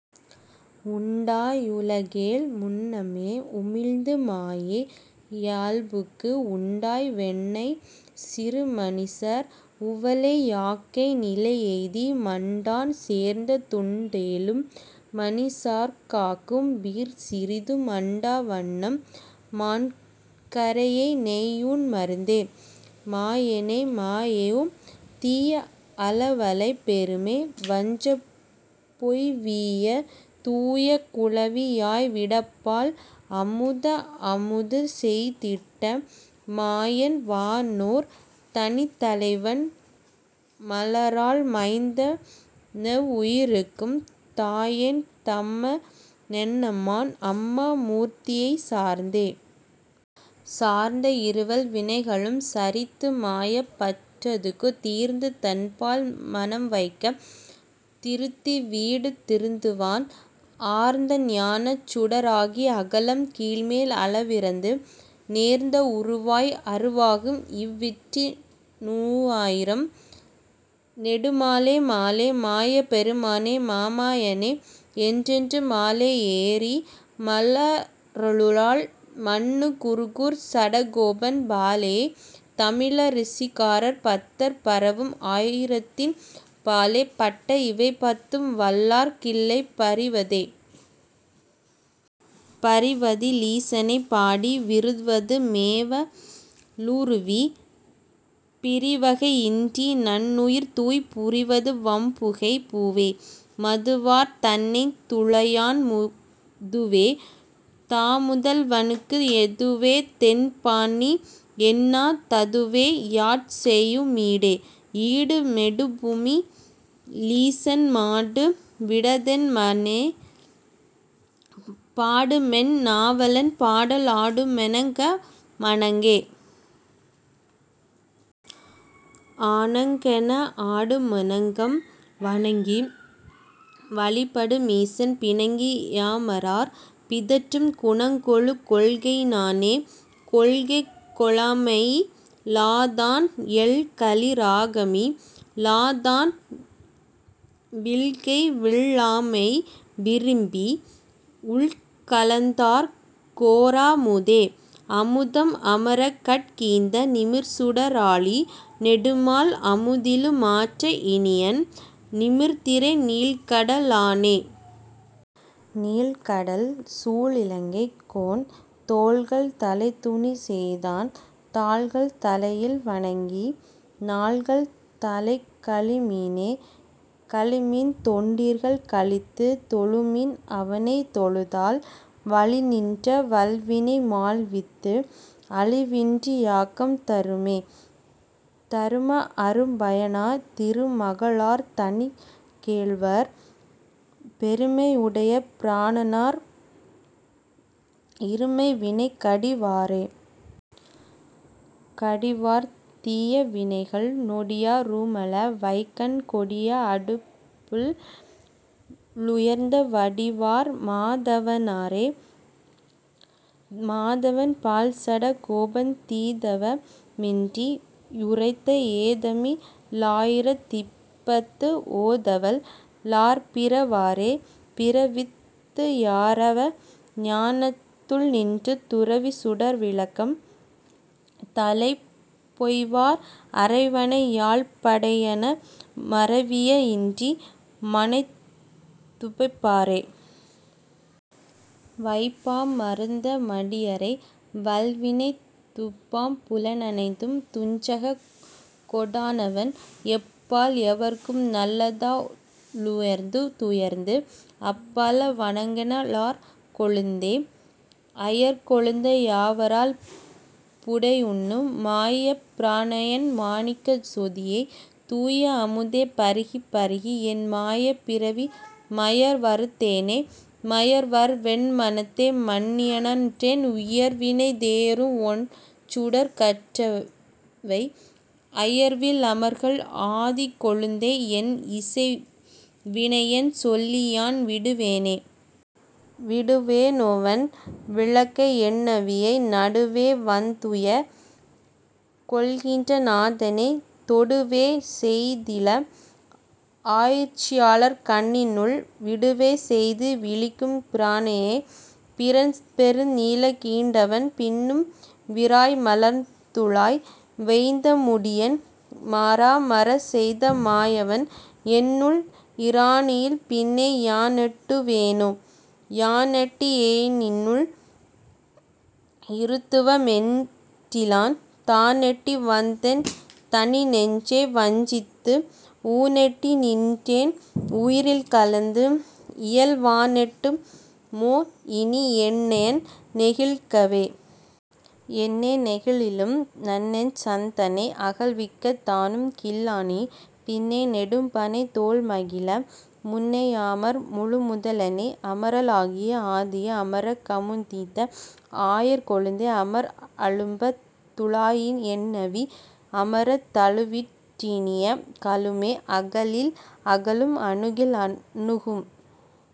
உண்டா யுலகேழ் முன்னமே, உமிழ்ந்து மாயை யால்புக்கு உண்டாய் வெண்ணெய் சிறுமனிசர் உவலை யாக்கை நிலையெய்தி மண்டான் சர்ந்த துண்டேலும் மனிசர்க் காகும் பீர் சிறிதும் அண்டா வண்ணம் மண்கரைய நெய்யூண் மருந்தோ? மாயோனே.. மாயோம் தீய அலவலைப் பெருமா வஞ்சப் பேய்வீய தூய குழவி யாய்விடப்பால் அமுதா அமுது செய்திட்ட மாயன் வானோர் தனித்தலைவன் மலராள் மைந்த னெவ்வுயிர்க்கும் தாயோன் தம்மா னென்னம்மான் அம்மா மூர்த்தி யைச்சார்ந்தே.. சார்ந்த இருவல் வினைகளும் சரித்து மாயப் பற்றறுத்து தீர்ந்து தன்பால் மனம்வைக்கத் திருத்தி வீடு திருத்துவான், ஆர்ந்த ஞானச் சுடராகி அகலம் கீழ்மேல் அளவிறந்து, நேர்ந்த வுருவாய் அருவாகும் இவற்றி னுயிராம் நெடுமாலே. மாலே. மாயப் பெருமானே. மாமா யனே. என்றென்று மாலே யேறி மாலருளால் மன்னு குருகூர்ச் சடகோபன் பாலேய தமிழ ரிசைகாரர் பத்தர் பரவும் ஆயிரத்தின் பாலே பட்ட இவைபத்தும் வல்லார்க் கில்லை பரிவதே. பரிவதி லீசனைப் பாடி விரிவது மேவ லுறுவீர். பிரிவகை யின்றிநன் னீர்தூய் புரிவது வும்புகை பூவே.. மதுவார் தண்ணந் துழாயான் முதுவே தமுதல் வனுக்கு எதுவே தென்பணி என்னா ததுவே யாட்செய்யு மீடே.. ஈடு மெடுப்புமி லீசன் மாடு விடாதென் மனனே பாடுமென் நாவலன் பாடல் ஆடுமெ னங்கம ணங்கே.. அணங்கென ஆடுமெ னங்கம் வணங்கி வழிபடு மீசன் பிணங்கி யமரர் பிதற்றும் குணங்கெழு கொள்கையி னானே.. கொள்கைகொ ளாமையி லாதான் எள்கலி ராகமி லாதான் விள்கைவிள் ளாமைவி ரும்பி உள்கலந் தார்க்கோ ரமுதே.. அமுதம் அமரகட் கீந்த நிமிர்சுட ராழி நெடுமால் அமுதிலு மாற்ற இனியன் நிமிர்திரை நீள்கட லானே.. நீள்கடல் சூழிலங் கைக்கோன் தோள்கள் தலைதுணி செய்தான் தாள்கள் தலையில் வணங்கி நாள்கள் தலைக்க ழிமினே.. கழிமின்தொண் டீர்கள் கழித்துத் தொழுமின் அவனைத் தொழுதால் வழிநின்ற வல்வினை மாள்வித்து அழிவின்றி யாக்கம் தருமே.. தரும அரும்பய னாய திருமக ளார்தனிக் கேள்வர், பெருமை யுடைய பிரானார், இருமை வினைகடி வாரே.. கடிவார் தீய வினைகள் நொடியா ருமள வைக்கண் கொடியா அடுபுள் ளுயர்த்த வடிவார் மாதவ னாரே. மாதவன் பால்சட கோபன் தீதவ மின்றி யுரைத்த ஏதமி லாயிரத் திப்பத்து ஓதவல் லார்பிற வாரே. பிறவித்துயரற ஞானத்துள்நின்று, துறவிச்சுடர்விளக்கம் தலைப்பெய்வார், அறவனை யாழிப் படையந, மறவியை யின்றி மனத்துவைப் பாரே.. வைப்பாம்மருந்தா மடியரை, வல்வினைத் துப்பாம் புலனைந்தும் துஞ்சக கொடானவன், எப்பால் யவர்க்கும் நலத்தா லுயர்ந்துயர்ந்து, அப்பால வனெங்க ளாயர் கொழுந்தே.. ஆயர் கொழுந்தா யவரால் புடையுண்ணும், மாயப் பிரானையென் மாணிக்கச் சோதியை, தூய அமுதைப் பருகிப்பருகி, என் மாயப் பிறவி மயர்வறுத் தேனே.. மயர்வறவென்மனத்தே மன்னினான் றன்னை, உயர்வினை யேதரும் ஒண்சுடர்க் கற்றையை, அயர்வில் அமரர்கள் ஆதிக்கொழுந்தை, என் இசைவினையென்சொல்லி யான்விடுவேனே.. விடுவேனோவென் விளக்கைஎன்னாவியை, நடுவேவந்துய்யக் கொள்கின்றநாதனை, தொடுவேசெய்திள ஆய்ச்சியர்க்கண்ணினுள், விடவேசெய்து விழிக்கும்பிரானையே.. பிரான்பெருநிலங் கீண்டவன், பின்னும் விராய்மலர்த்துழாய் வேய்ந்தமுடியன், மராமரமெய்த மாயவன், என்னுள் இரானெனில்பின்னை யானொட்டுவேனோ.. யானொட்டியென்னுள் இருத்துவ மென்றிலன், தானொட்டி வந்தென் தனிநெஞ்சை வஞ்சித்து, ஊனொட்டி நின்றென் உயிரில் கலந்து, இயல் வானொட்டு மோஇனி யென்னை நெகிழ்க்கவே.. என்னை நெகிழ்க்கிலும் நன்னெஞ்சந் தன்னை, அகல்விக்கத் தானும்கில்லானினி, பின்னை நெடும்பணைத் தோள்மகிழ, முன்னை யமரர் முழுமுத லானே.. அமரர லாகிய ஆதியை, அமரர்க் கமுதீந்த ஆயர் கொழுந்தை, அமர அழும்பத் துழாவியென் னாவி, அமரர்த் தழுவிற் றினிய கலுமோ.. அகலில் அகலும் அணுகில் அணுகும்,